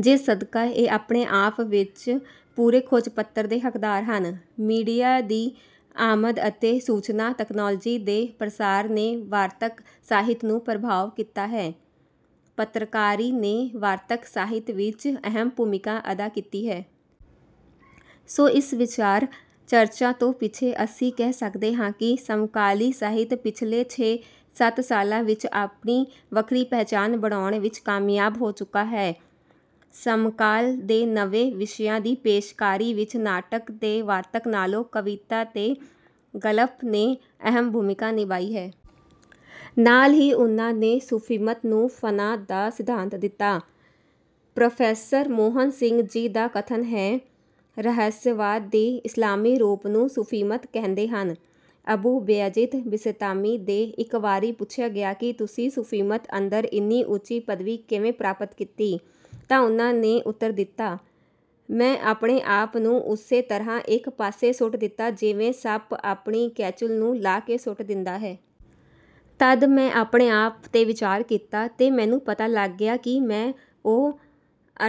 ਜਿਸ ਸਦਕਾ ਇਹ ਆਪਣੇ ਆਪ ਵਿੱਚ ਪੂਰੇ ਖੋਜ-ਪੱਤਰ ਦੇ ਹੱਕਦਾਰ ਹਨ। ਮੀਡੀਆ ਦੀ ਆਮਦ ਅਤੇ ਸੂਚਨਾ ਤਕਨਾਲੋਜੀ ਦੇ ਪਸਾਰ ਨੇ ਵਾਰਤਕ ਸਾਹਿਤ ਨੂੰ ਪ੍ਰਭਾਵ ਕੀਤਾ ਹੈ। ਪੱਤਰਕਾਰੀ ਨੇ ਵਾਰਤਕ ਸਾਹਿਤ ਵਿੱਚ ਅਹਿਮ ਭੂਮਿਕਾ ਅਦਾ ਕੀਤੀ ਹੈ। ਸੋ ਇਸ ਵਿਚਾਰ-ਚਰਚਾ ਤੋਂ ਪਿੱਛੋਂ ਅਸੀਂ ਕਹਿ ਸਕਦੇ ਹਾਂ ਕਿ ਸਮਕਾਲੀ ਸਾਹਿਤ ਪਿਛਲੇ ਛੇ-ਸੱਤ ਸਾਲਾਂ ਵਿੱਚ ਆਪਣੀ ਵੱਖਰੀ ਪਛਾਣ ਬਣਾਉਣ ਵਿੱਚ ਕਾਮਯਾਬ ਹੋ ਚੁੱਕਾ ਹੈ। ਸਮਕਾਲ ਦੇ ਨਵੇਂ ਵਿਸ਼ਿਆਂ ਦੀ ਪੇਸ਼ਕਾਰੀ ਵਿੱਚ ਨਾਟਕ ਤੇ ਵਾਰਤਕ ਨਾਲੋਂ ਕਵਿਤਾ ਤੇ ਗਲਪ ਨੇ ਅਹਿਮ ਭੂਮਿਕਾ ਨਿਭਾਈ ਹੈ। ਨਾਲ ਹੀ ਉਨ੍ਹਾਂ ਨੇ ਸੂਫ਼ੀਮਤ ਨੂੰ 'ਫਨਾ' ਦਾ ਸਿਧਾਂਤ ਦਿੱਤਾ। ਪ੍ਰੋਫੈਸਰ ਮੋਹਨ ਸਿੰਘ ਜੀ ਦਾ ਕਥਨ ਹੈ, "ਰਹੱਸਵਾਦ ਦੇ ਇਸਲਾਮੀ ਰੂਪ ਨੂੰ ਸੂਫ਼ੀਮਤ ਕਹਿੰਦੇ ਹਨ।" ਅਬੂ ਬਯਜੀਦ ਬਿਸਤਾਮੀ ਤੋਂ ਇੱਕ ਵਾਰੀ ਪੁੱਛਿਆ ਗਿਆ ਕਿ ਤੁਸੀਂ ਸੂਫ਼ੀਮਤ ਅੰਦਰ ਇੰਨੀ ਉੱਚੀ ਪਦਵੀ ਕਿਵੇਂ ਪ੍ਰਾਪਤ ਕੀਤੀ, ਤਾਂ ਉਨ੍ਹਾਂ ਨੇ ਉੱਤਰ ਦਿੱਤਾ, "ਮੈਂ ਆਪਣੇ ਆਪ ਨੂੰ ਉਸੇ ਤਰ੍ਹਾਂ ਇੱਕ ਪਾਸੇ ਸੁੱਟ ਦਿੱਤਾ ਜਿਵੇਂ ਸੱਪ ਆਪਣੀ ਕੈਂਚੁਲ ਨੂੰ ਲਾਹ ਕੇ ਸੁੱਟ ਦਿੰਦਾ ਹੈ। ਤਦ ਮੈਂ ਆਪਣੇ ਆਪ ਤੇ ਵਿਚਾਰ ਕੀਤਾ ਤੇ ਮੈਨੂੰ ਪਤਾ ਲੱਗ ਗਿਆ ਕਿ ਮੈਂ ਉਹ,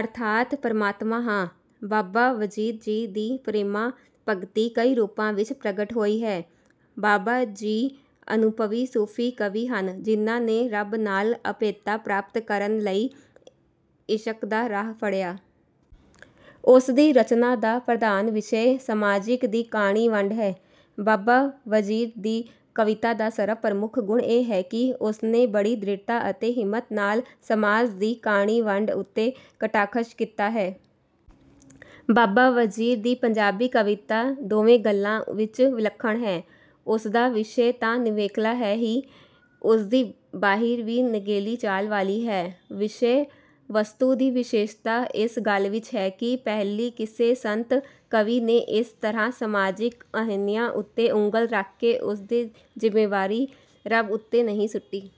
ਅਰਥਾਤ ਪਰਮਾਤਮਾ ਹਾਂ।" ਬਾਬਾ ਵਜੀਦ ਜੀ ਦੀ ਪ੍ਰੇਮਾ-ਭਗਤੀ ਕਈ ਰੂਪਾਂ ਵਿੱਚ ਪ੍ਰਗਟ ਹੋਈ ਹੈ। ਬਾਬਾ ਜੀ ਅਨੁਭਵੀ ਸੂਫ਼ੀ ਕਵੀ ਹਨ ਜਿਨ੍ਹਾਂ ਨੇ ਰੱਬ ਨਾਲ ਅਭੇਦਤਾ ਪ੍ਰਾਪਤ ਕਰਨ ਲਈ ਇਸ਼ਕ ਦਾ ਰਾਹ ਫੜਿਆ। ਉਸ ਦੀ ਰਚਨਾ ਦਾ ਪ੍ਰਧਾਨ ਵਿਸ਼ਾ ਸਮਾਜ ਦੀ ਕਾਣੀ ਵੰਡ ਹੈ। ਬਾਬਾ ਵਜੀਦ ਦੀ ਕਵਿਤਾ ਦਾ ਸਰਬ-ਪ੍ਰਮੁੱਖ ਗੁਣ ਇਹ ਹੈ ਕਿ ਉਸਨੇ ਬੜੀ ਦ੍ਰਿੜ੍ਹਤਾ ਅਤੇ ਹਿੰਮਤ ਨਾਲ ਸਮਾਜ ਦੀ ਕਾਣੀ ਵੰਡ ਉੱਤੇ ਕਟਾਖ਼ਸ਼ ਕੀਤਾ ਹੈ। ਬਾਬਾ ਵਜੀਦ ਦੀ ਪੰਜਾਬੀ ਕਵਿਤਾ ਦੋਵੇਂ ਗੱਲਾਂ ਵਿੱਚ ਵਿਲੱਖਣ ਹੈ। ਉਸਦਾ ਵਿਸ਼ਾ ਤਾਂ ਨਿਵੇਕਲਾ ਹੈ ਹੀ, ਉਸਦੀ ਬਹਿਰ ਵੀ ਨਿਗਲੀ ਚਾਲ ਵਾਲੀ ਹੈ। ਵਿਸ਼ੇ-ਵਸਤੂ ਦੀ ਵਿਸ਼ੇਸ਼ਤਾ ਇਸ ਗੱਲ ਵਿੱਚ ਹੈ ਕਿ ਪਹਿਲਾਂ ਕਿਸੇ ਸੰਤ-ਕਵੀ ਨੇ ਇਸ ਤਰ੍ਹਾਂ ਸਮਾਜਕ ਅਨਿਆਂ ਉੱਤੇ ਉਂਗਲ ਰੱਖ ਕੇ ਉਸਦੀ ਜ਼ਿੰਮੇਵਾਰੀ ਰੱਬ ਉੱਤੇ ਨਹੀਂ ਸੁੱਟੀ।